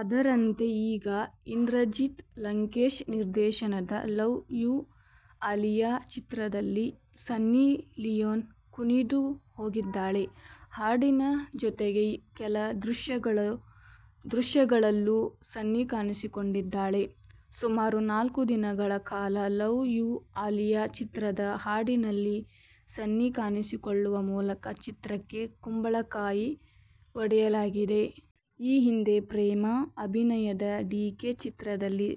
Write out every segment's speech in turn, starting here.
ಅದರಂತೆ ಈಗ ಇಂದ್ರಜಿತ್ ಲಂಕೇಶ್ ನಿರ್ದೇಶನದ "ಲವ್ ಯೂ ಆಲಿಯಾ' ಚಿತ್ರದಲ್ಲಿ ಸನ್ನಿ ಲಿಯೋನ್ ಕುಣಿದು ಹೋಗಿದ್ದಾಳೆ. ಹಾಡಿನ ಜೊತೆಗೆ ಕೆಲ ದೃಶ್ಯಗಳಲ್ಲೂ ಸನ್ನಿ ಕಾಣಿಸಿಕೊಂಡಿದ್ದಾಳೆ. ಸುಮಾರು ನಾಲ್ಕು ದಿನಗಳ ಕಾಲ "ಲವ್ ಯೂ ಆಲಿಯಾ' ಚಿತ್ರದ ಹಾಡಿನಲ್ಲಿ ಸನ್ನಿ ಕಾಣಿಸಿಕೊಳ್ಳುವ ಮೂಲಕ ಚಿತ್ರಕ್ಕೆ ಕುಂಬಳಕಾಯಿ ಒಡೆಯಲಾಗಿದೆ. ಈ ಹಿಂದೆ ಪ್ರೇಮ್ ಅಭಿನಯದ "ಡಿಕೆ' ಚಿತ್ರದಲ್ಲಿ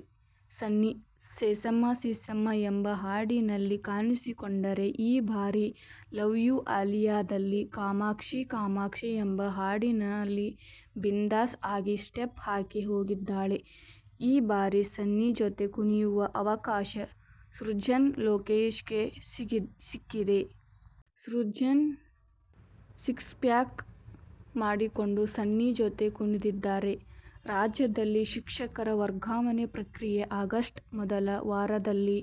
ಸನ್ನಿ "ಸೇಸಮ್ಮ ಸೇಸಮ್ಮ ' ಎಂಬ ಹಾಡಿನಲ್ಲಿ ಕಾಣಿಸಿಕೊಂಡರೆ ಈ ಬಾರಿ "ಲವ್ ಯೂ ಆಲಿಯಾ'ದಲ್ಲಿ "ಕಾಮಾಕ್ಷಿ ಕಾಮಾಕ್ಷಿ ' ಎಂಬ ಹಾಡಿನಲ್ಲಿ ಬಿಂದಾಸ್ ಆಗಿ ಸ್ಟೆಪ್ ಹಾಕಿ ಹೋಗಿದ್ದಾಳೆ. ಈ ಬಾರಿ ಸನ್ನಿ ಜೊತೆ ಕುಣಿಯುವ ಅವಕಾಶ ಸೃಜನ್ ಲೊಕೇಶ್ಗೆ ಸಿಕ್ಕಿದೆ. ಸೃಜನ್ ಸಿಕ್ಸ್ಪ್ಯಾಕ್ ಮಾಡಿಕೊಂಡು ಸನ್ನಿ ಜೊತೆ ಕುಣಿದಿದ್ದಾರೆ. ರಾಜ್ಯದಲ್ಲಿ ಶಿಕ್ಷಕರ ವರ್ಗಾವಣೆ ಪ್ರಕ್ರಿಯೆ ಆಗಸ್ಟ್ ಮೊದಲ ವಾರದಲ್ಲಿ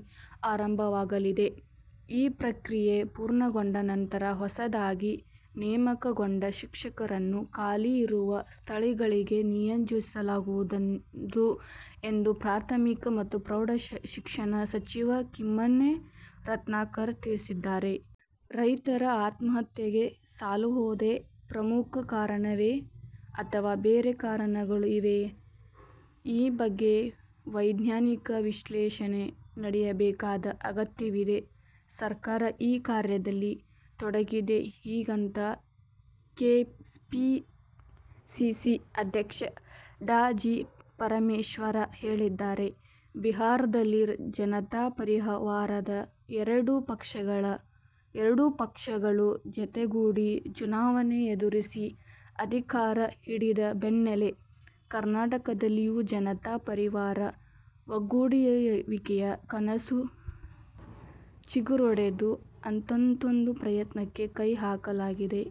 ಆರಂಭವಾಗಲಿದೆ. ಈ ಪ್ರಕ್ರಿಯೆ ಪೂರ್ಣಗೊಂಡ ನಂತರ ಹೊಸದಾಗಿ ನೇಮಕಗೊಂಡ ಶಿಕ್ಷಕರನ್ನು ಖಾಲಿ ಇರುವ ಸ್ಥಳಗಳಿಗೆ ನಿಯೋಜಿಸಲಾಗುವುದು ಎಂದು ಪ್ರಾಥಮಿಕ ಮತ್ತು ಪ್ರೌಢ ಶಿಕ್ಷಣ ಸಚಿವ ಕಿಮ್ಮನೆ ರತ್ನಾಕರ ತಿಳಿಸಿದ್ದಾರೆ. ರೈತರ ಆತ್ಮಹತ್ಯೆಗೆ ಸಾಲವೊಂದೇ ಪ್ರಮುಖ ಕಾರಣವೇ? ಅಥವಾ ಬೇರೆ ಕಾರಣಗಳು ಇವೆಯೇ? ಈ ಬಗ್ಗೆ ವೈಜ್ಞಾನಿಕ ವಿಶ್ಲೇಷಣೆ ನಡೆಯಬೇಕಾದ ಅಗತ್ಯವಿದ್ದು, ಸರ್ಕಾರ ಈ ಕಾರ್ಯದಲ್ಲಿ ತೊಡಗಿದೆ- ಹೀಗಂತ ಕೆಪಿಸಿಸಿ ಅಧ್ಯಕ್ಷ ಡಾ. ಜಿ. ಪರಮೇಶ್ವರ್ ಹೇಳಿದ್ದಾರೆ. ಬಿಹಾರದಲ್ಲಿ ಜನತಾ ಪರಿವಾರದ ಎರಡು ಪಕ್ಷಗಳು ಜತೆಗೂಡಿ ಚುನಾವಣೆ ಎದುರಿಸಿ ಅಧಿಕಾರ ಹಿಡಿದ ಬೆನ್ನಲ್ಲೇ ಕರ್ನಾಟಕದಲ್ಲಿಯೂ ಜನತಾ ಪರಿವಾರ ಒಗ್ಗೂಡುವಿಕೆಯ ಕನಸು ಚಿಗುರೊಡೆದಿದ್ದು, ಅಂಥದ್ದೊಂದು ಪ್ರಯತ್ನಕ್ಕೆ ಕೈ ಹಾಕಲಾಗಿದೆ.